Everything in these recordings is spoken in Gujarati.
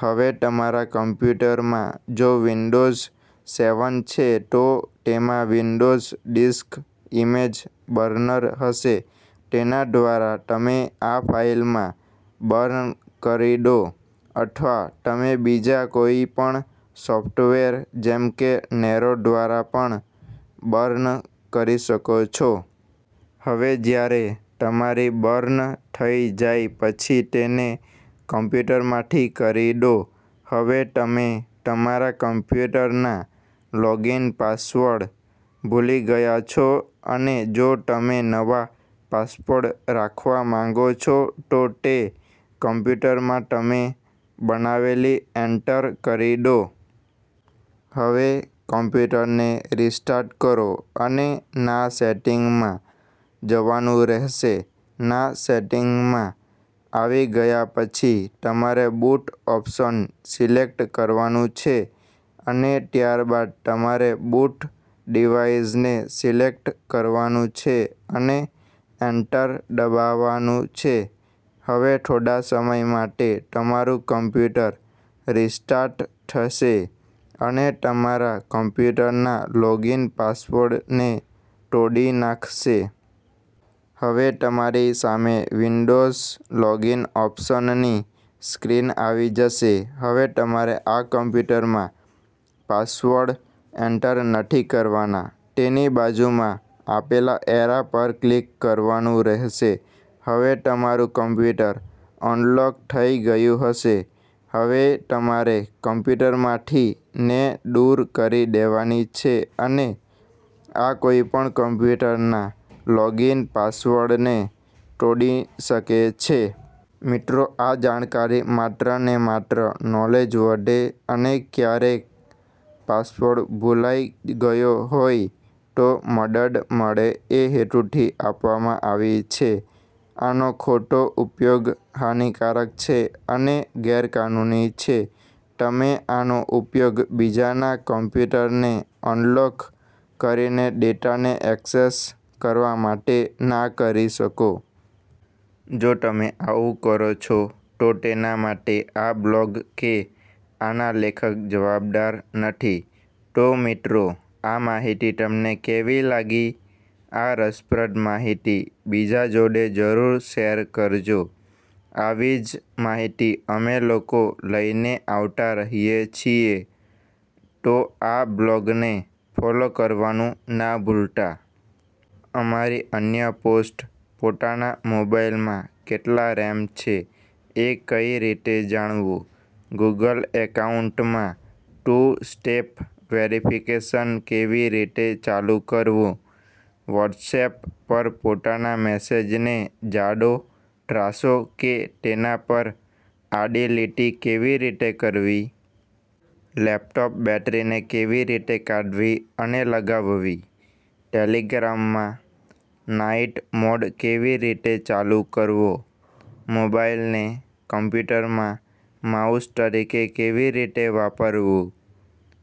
હવે તમારા કમ્પ્યુટરમાં જો વિન્ડોઝ સેવન છે તો તેમાં વિન્ડોઝ ડિસ્ક ઇમેજ બર્નર હશે. તેના દ્વારા તમે આ ફાઈલ માં બર્ન કરી દો અથવા તમે બીજા કોઈ પણ સોફ્ટવેર જેમ કે નેરો દ્વારા પણ બર્ન કરી શકો છો. હવે જ્યારે તમારી બર્ન થઈ જાય પછી તેને કમ્પ્યુટરમાંથી કરી દો. હવે તમે તમારા કમ્પ્યુટરના લોગીન પાસવર્ડ ભૂલી ગયા છો અને જો તમે નવા પાસવર્ડ રાખવા માંગો છો તો તે કમ્પ્યુટરમાં તમે બનાવેલી એન્ટર કરી દો. હવે કમ્પ્યુટરને રિસ્ટાર્ટ કરો અને ના સેટિંગમાં જવાનું રહેશે. ના સેટિંગમાં આવી ગયા પછી તમારે બુટ ઓપ્શન સિલેક્ટ કરવાનું છે અને ત્યારબાદ તમારે બુટ ડીવાઈસને સિલેક્ટ કરવાનું છે અને એન્ટર દબાવાનું છે. હવે થોડા સમય માટે તમારું કમ્પ્યુટર રિસ્ટાર્ટ થશે અને તમારા કમ્પ્યુટરના લોગીન પાસવર્ડ ને તોડી નાખશે. હવે તમારી સામે વિન્ડોઝ લોગીન ઓપ્શનની સ્ક્રિન આવી જશે. હવે તમારે આ કમ્પ્યુટરમાં પાસવર્ડ એન્ટર નથી કરવાના તેની બાજુમાં આપેલા એરા પર ક્લિક કરવાનું રહેશે. હવે તમારું કમ્પ્યુટર અનલોક થઈ ગયું હશે. હવે તમારે કમ્પ્યુટરમાંથી ને દૂર કરી દેવાની છે અને આ કોઈપણ કમ્પ્યુટરના લોગીન પાસવર્ડને તોડી શકે છે. મિત્રો આ જાણકારી માત્ર ને માત્ર નોલેજ વધે અને ક્યારેક પાસવર્ડ ભુલાઈ ગયો હોય તો મદદ મળે એ હેતુથી આપવામાં આવી છે આનો ખોટો ઉપયોગ હાનિકારક છે અને ગેરકાનૂની છે. તમે આનો ઉપયોગ બીજાના કમ્પ્યુટરને અનલોક કરીને ડેટાને ઍક્સેસ કરવા માટે ના કરી શકો. જો તમે આવું કરો છો તો તેના માટે આ બ્લોગ કે આના લેખક જવાબદાર નથી. તો મિત્રો આ માહિતી તમને કેવી લાગી? આ રસપ્રદ માહિતી બીજા જોડે જરૂર શેયર કરજો. આવી જ માહિતી અમે લોકો લઈને આવતા રહીએ છીએ તો આ બ્લોગને ફોલો કરવાનું ના ભુલતા. અમારી અન્ય પોસ્ટ- પોતાના મોબાઇલમાં કેટલા રેમ છે એ કઈ રીતે જાણવું? ગૂગલ અકાઉંટમાં ટૂ સ્ટેપ વેરિફિકેશન કેવી રીતે ચાલુ કરવું? વોટ્સએપ પર પોતાના મેસેજને જાડો, ત્રાંસો કે તેના પર આડી લીટી કેવી રીતે કરવી? લેપટોપ બેટરીને કેવી રીતે કાઢવી અને લગાવવી? ટેલિગ્રામમાં નાઈટ મોડ કેવી રીતે ચાલુ કરવો? મોબાઇલને કમ્પ્યુટરમાં માઉસ તરીકે કેવી રીતે વાપરવું?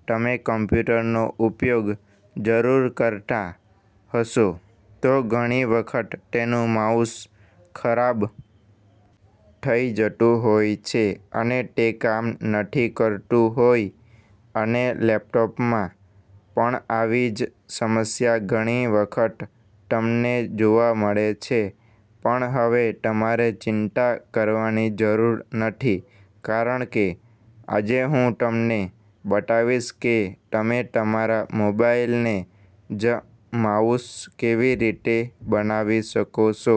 તમે કમ્પ્યુટરનો ઉપયોગ જરૂર કરતાં હશો તો ઘણી વખત તેનું માઉસ ખરાબ થઈ જતું હોય છે અને તે કામ નથી કરતું હોય અને લેપટોપમાં પણ આવી જ સમસ્યા ઘણી વખત તમને જોવા મળે છે પણ હવે તમારે ચિંતા કરવાની જરૂર નથી કારણ કે આજે હું તમને બતાવીશ કે તમે તમારા મોબાઇલને જ માઉસ કેવી રીતે બનાવી શકશો.